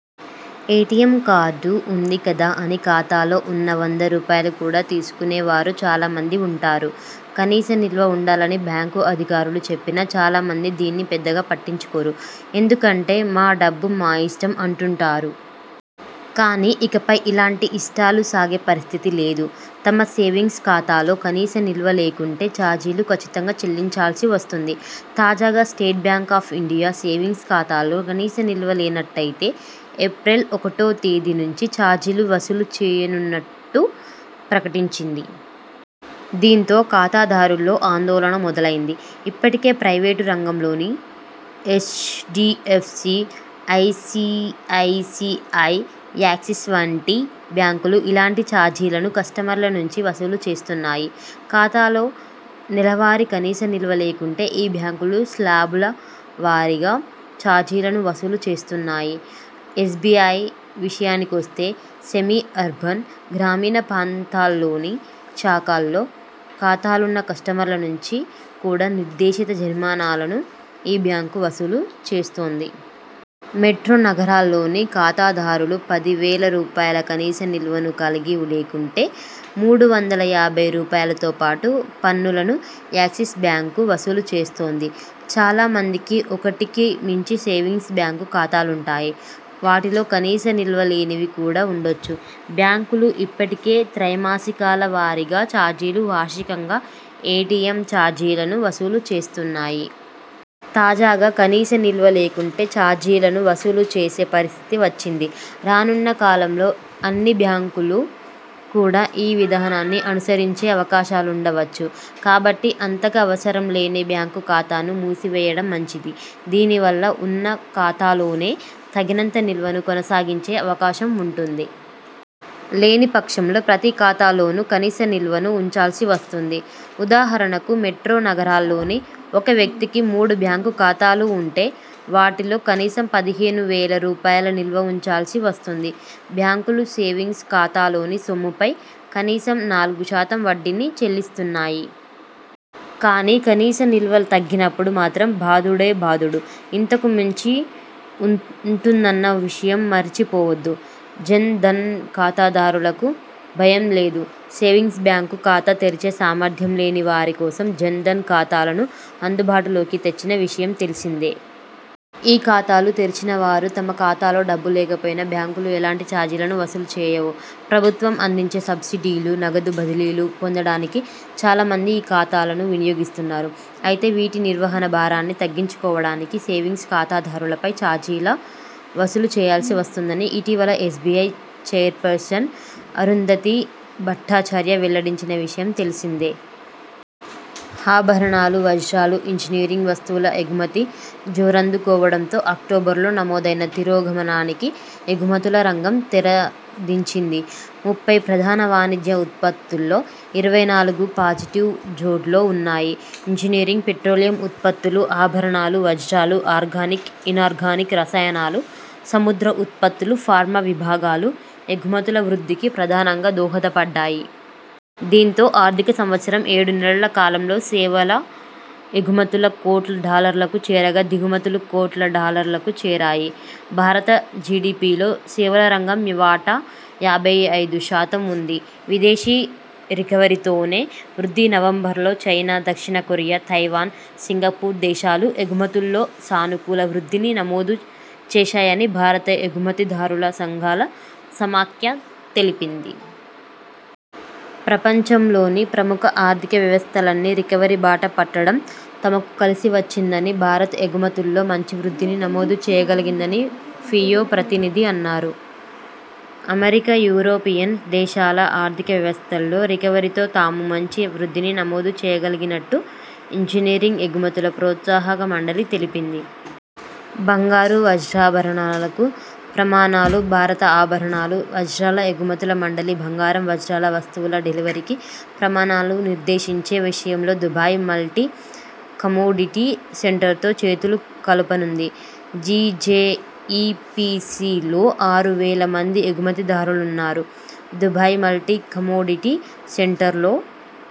ఎ T M card ఉంది కదా అని ఖాతాలో ఉన్న వంద రూపాయలు కూడా తీసుకునే వారు చాలా మంది ఉంటారు. కనీస నిల్వ ఉండాలని బ్యాంకు అధికారులు చెప్పినా చాలా మంది దీన్ని పెద్దగా పట్టించుకోరు. ఎందుకంటే మా డబ్బు మా ఇష్టం అంటుంటారు. కానీ ఇకపై ఇలాంటి ఇష్టాలు సాగే పరిస్థితి లేదు. తమ సేవింగ్స్ ఖాతాలో కనీస నిల్వ లేకుంటే చార్జీలు కచ్చితంగా చెల్లించాల్సి వస్తుంది. తాజాగా state bank of India savings ఖాతాల్లో కనీస నిల్వ లేనట్టయితే ఏప్రిల్ ఒకటో తేదీ నుంచి చార్జీలు వసూలు చేయనున్నట్టు ప్రకటించింది. దీంతో ఖాతాదారుల్లో ఆందోళన మొదలైంది. ఇప్పటికే ప్రైవేటు రంగంలోని హెచ్.డి.ఎఫ్.సి, ఐ.సి.ఐ.సి.ఐ, యాక్సిస్ వంటి బ్యాంకులు ఇలాంటి చార్జీలను కస్టమర్ల నుంచి వసూలు చేస్తున్నాయి. ఖాతాలో నెలవారీ కనీస నిల్వ లేకుంటే ఈ బ్యాంకులు స్లాబుల వారీగా చార్జీలను వసూలు చేస్తున్నాయి. ఎస్బిఐ విషయానికొస్తే, సెమీ అర్బన్, గ్రామీణ ప్రాంతాల్లోని శాఖల్లో ఖాతాలున్న కస్టమర్ల నుంచి కూడా నిర్దేశిత జరిమానాలను ఈ బ్యాంకు వసూలు చేస్తోంది. మెట్రో నగరాల్లోని ఖాతాదారులు పది వేల రూపాయల కనీస నిల్వను కలిగి లేకుంటే మూడు వందల యాభై రూపాయలతోపాటు పన్నులను యాక్సిస్ బ్యాంకు వసూలు చేస్తోంది. చాలా మందికి ఒకటికి మించి సేవింగ్స్ బ్యాంకు ఖాతాలుంటాయి. వాటిలో కనీస నిల్వ లేనివి కూడా ఉండొచ్చు. బ్యాంకులు ఇప్పటికే త్రైమాసికాల వారీగా చార్జీలు, వార్షికంగా ఎ టి ఎం చార్జీలను వసూలు చేస్తున్నాయి. తాజాగా కనీస నిల్వ లేకుంటే చార్జీలను వసూలు చేసే పరిస్థితి వచ్చింది. రానున్న కాలంలో అన్ని బ్యాంకులు కూడా ఈ విధానాన్ని అనుసరించే అవకాశాలుండవచ్చు. కాబట్టి అంతగా అవసరం లేని బ్యాంకు ఖాతాను మూసివేయడం మంచిది. దీని వల్ల ఉన్న ఖాతాలోనే తగినంత నిల్వను కొనసాగించే అవకాశం ఉంటుంది. లేని పక్షంలో ప్రతి ఖాతాలోనూ కనీస నిల్వను ఉంచాల్సి వస్తుంది. ఉదాహరణకు మెట్రో నగరాల్లోని ఒక వ్యక్తికి మూడు బ్యాంకు ఖాతాలు ఉంటే.. వాటిలో కనీసం పదిహేను వేల రూపాయల నిల్వ ఉంచాల్సి వస్తుంది. బ్యాంకులు సేవింగ్స్ ఖాతాలోని సొమ్ముపై కనీసం నాలుగు శాతం వడ్డీని చెల్లిస్తున్నాయి. కానీ కనీస నిల్వ తగ్గినప్పుడు మాత్రం బాదుడే బాదుడు, ఇంతకు మించి ఉంటుందన్న విషయం మరిచి పోవొద్దు. జన్ ధన్ ఖాతాదారులకు భయం లేదు. సేవింగ్స్ బ్యాంకు ఖాతా తెరిచే సామర్థ్యం లేని వారి కోసం జన్ ధన్ ఖాతాలను అందుబాటులోకి తెచ్చిన విషయం తెలిసిందే. ఈ ఖాతాలు తెరిచిన వారు తమ ఖాతాలో డబ్బు లేకపోయినా బ్యాంకులు ఎలాంటి చార్జీలను వసూలు చేయవు. ప్రభుత్వం అందించే సబ్సిడీలు, నగదు బదిలీలు పొందడానికి చాలా మంది ఈ ఖాతాలను వినియోగిస్తున్నారు. అయితే వీటి నిర్వహణ భారాన్ని తగ్గించుకోవడానికే సేవింగ్స్ ఖాతాదారులపై చార్జీలు వసూలు చేయాల్సి వస్తోందని ఇటీవల ఎస్బిఐ చైర్పర్సన్ అరుంధతీ భట్టాచార్య వెల్లడించిన విషయం తెలిసిందే. ఆభరణాలు, వజ్రాలు, ఇంజనీరింగ్ వస్తువుల ఎగుమతి జోరందుకోవడంతో అక్టోబరులో నమోదైన తిరోగమనానికి ఎగుమతుల రంగం తెరదించింది. ముప్పై ప్రధాన వాణిజ్య ఉత్పత్తుల్లో ఇరవై నాలుగు పాజిటివ్ జోడ్లో ఉన్నాయి. ఇంజనీరింగ్, పెట్రోలియం ఉత్పత్తులు, ఆభరణాలు, వజ్రాలు, ఆర్గానిక్, ఇనార్గానిక్ రసాయనాలు, సముద్ర ఉత్పత్తులు, ఫార్మా విభాగాలు ఎగుమతుల వృద్ధికి ప్రధానంగా దోహదపడ్డాయి. దీంతో ఆర్థిక సంవత్సరం ఏడు నెలల కాలంలో సేవల ఎగుమతులు కోట్ల డాలర్లకు చేరగా దిగుమతులు కోట్ల డాలర్లకు చేరాయి. భారత జిడిపిలో సేవల రంగం వాటా యాభై ఐదు శాతం ఉంది. విదేశీ రికవరీతోనే వృద్ధి నవంబరులో చైనా, దక్షిణ కొరియా, తైవాన్, సింగపూర్ దేశాలు ఎగుమతుల్లో సానుకూల వృద్ధిని నమోదు చేశాయని భారత ఎగుమతిదారుల సంఘాల సమాఖ్య తెలిపింది. ప్రపంచంలోని ప్రముఖ ఆర్థిక వ్యవస్థలన్నీ రికవరీ బాట పట్టడం తమకు కలిసి వచ్చిందని, భారత్ ఎగుమతుల్లో మంచి వృద్ధిని నమోదు చేయగలిగిందని ఫియో ప్రతినిధి అన్నారు. అమెరికా, యూరోపియన్ దేశాల ఆర్థిక వ్యవస్థల్లో రికవరీతో తాము మంచి వృద్ధిని నమోదు చేయగలిగినట్టు ఇంజనీరింగ్ ఎగుమతుల ప్రోత్సాహక మండలి తెలిపింది. బంగారు, వజ్రాభరణాలకు ప్రమాణాలు భారత ఆభరణాలు, వజ్రాల ఎగుమతుల మండలి బంగారం, వజ్రాల వస్తువుల డెలివరీకి ప్రమాణాలు నిర్దేశించే విషయంలో దుబాయ్ మల్టీ కమోడిటీ సెంటర్తో చేతులు కలపనుంది. G J E P C లో ఆరు వేల మంది ఎగుమతి దారులున్నారు. దుబాయ్ మల్టీ కమోడిటీ సెంటర్లో